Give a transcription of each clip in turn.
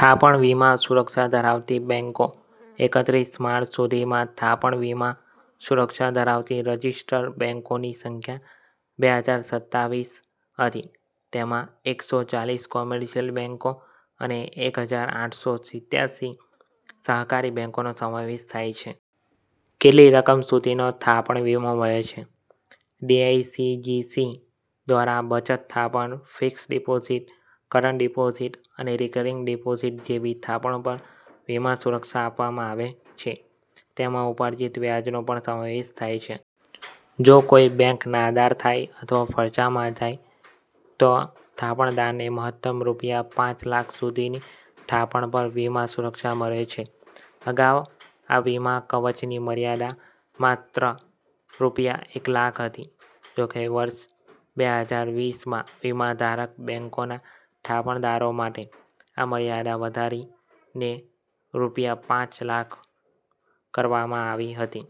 થાપણ વીમા સુરક્ષા ધરાવતી બેંકો એકત્રીસ માર્ચ સુધીમાં થાપણ વીમા સુરક્ષા ધરાવતી રજિસ્ટર્ડ બેંકોની સંખ્યા બે હજાર સત્તાવીસ હતી. તેમાં એકસો ચાલીસ કોમર્શિયલ બેંકો અને એક હજાર આઠસો સિત્યાસી સહકારી બેંકોનો સમાવેશ થાય છે. કેટલી રકમ સુધીનો થાપણ વીમો મળે છે? ડીઆઈસીજીસી દ્વારા બચત થાપણ, ફિક્સ્ડ ડિપોઝિટ, કરંટ ડિપોઝિટ અને રિકરિંગ ડિપોઝિટ જેવી થાપણો પર વીમા સુરક્ષા આપવામાં આવે છે. તેમાં ઉપાર્જિત વ્યાજનો પણ સમાવેશ થાય છે. જો કોઈ બેંક નાદાર થાય અથવા ફડચામાં થાય, તો થાપણદારને મહત્તમ રૂપિયા પાંચ લાખ સુધીની થાપણ પર વીમા સુરક્ષા મળે છે. અગાઉ આ વીમા કવચની મર્યાદા માત્ર રૂપિયા એક લાખ હતી. જોકે, વર્ષ બે હજાર વીસમાં વીમાધારક બેંકોના થાપણદારો માટે આ મર્યાદા વધારીને રૂપિયા પાંચ લાખ કરવામાં આવી હતી.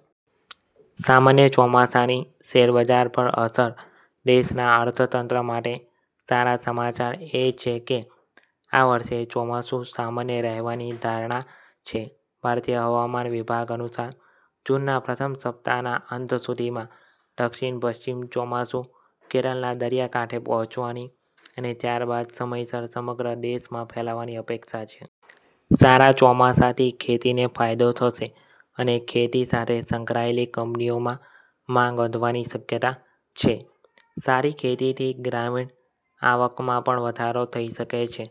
સામાન્ય ચોમાસાની શેરબજાર પર અસર દેશના અર્થતંત્ર માટે સારા સમાચાર એ છે કે આ વર્ષે ચોમાસું સામાન્ય રહેવાની ધારણા છે. ભારતીય હવામાન વિભાગ અનુસાર, જૂનના પ્રથમ સપ્તાહના અંત સુધીમાં દક્ષિન-પશ્ચિમ ચોમાસું કેરલના દરિયાકાંઠે પહોંચવાની અને ત્યારબાદ સમયસર સમગ્ર દેશમાં ફેલાવાની અપેક્ષા છે. સારા ચોમાસાથી ખેતીને ફાયદો થશે અને ખેતી સાથે સંકળાયેલી કંપનીઓમાં માંગ વધવાની શક્યતા છે. સારી ખેતીથી ગ્રામીણ આવકમાં પણ વધારો થઈ શકે છે,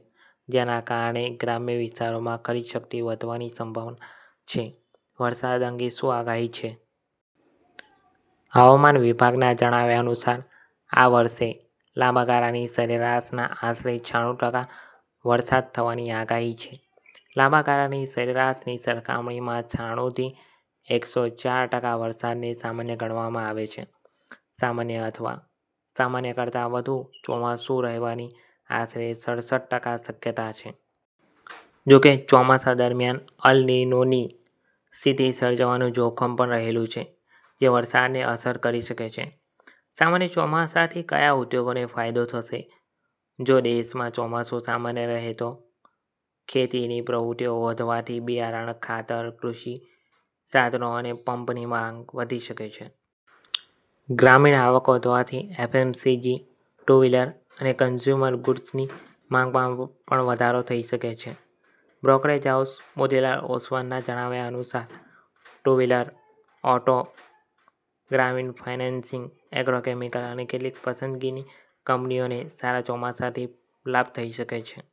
જેના કારણે ગ્રામ્ય વિસ્તારોમાં ખરીદશક્તિ વધવાની સંભાવના છે. વરસાદ અંગે શું આગાહી છે? હવામાન વિભાગના જણાવ્યા અનુસાર, આ વર્ષે લાંબા ગારાની સરેરાશના આશરે છાણું ટકા વરસાદ થવાની આગાહી છે. લાંબા ગાળાની સરેરાશની સરખામણીમાં છાણુંથી એકસો ચાર ટકા વરસાદને સામાન્ય ગણવામાં આવે છે. સામાન્ય અથવા સામાન્ય કરતાં વધુ ચોમાસું રહેવાની આશરે સડસઠ ટકા શક્યતા છે. જોકે, ચોમાસા દરમિયાન અલ નીનોની સ્થિતિ સર્જાવાનું જોખમ પણ રહેલું છે, જે વરસાદને અસર કરી શકે છે. સામાન્ય ચોમાસાથી કયા ઉદ્યોગોને ફાયદો થશે? જો દેશમાં ચોમાસું સામાન્ય રહે, તો ખેતીની પ્રવૃત્તિઓ વધવાથી બિયારણ, ખાતર, કૃષિ સાધનો અને પંપની માંગ વધી શકે છે. ગ્રામીણ આવક વધવાથી એફએમસીજી, ટુ-વ્હીલર અને કન્ઝ્યુમર ગુડ્સની માંગમાં પણ વધારો થઈ શકે છે. બ્રોકરેજ હાઉસ મોતીલાલ ઓસવાલના જણાવ્યા અનુસાર, ટુ-વ્હીલર, ઓટો, ગ્રામીણ ફાઇનાન્સિંગ, એગ્રોકેમિકલ અને કેટલીક પસંદગીની કંપનીઓને સારા ચોમાસાથી લાભ થઈ શકે છે.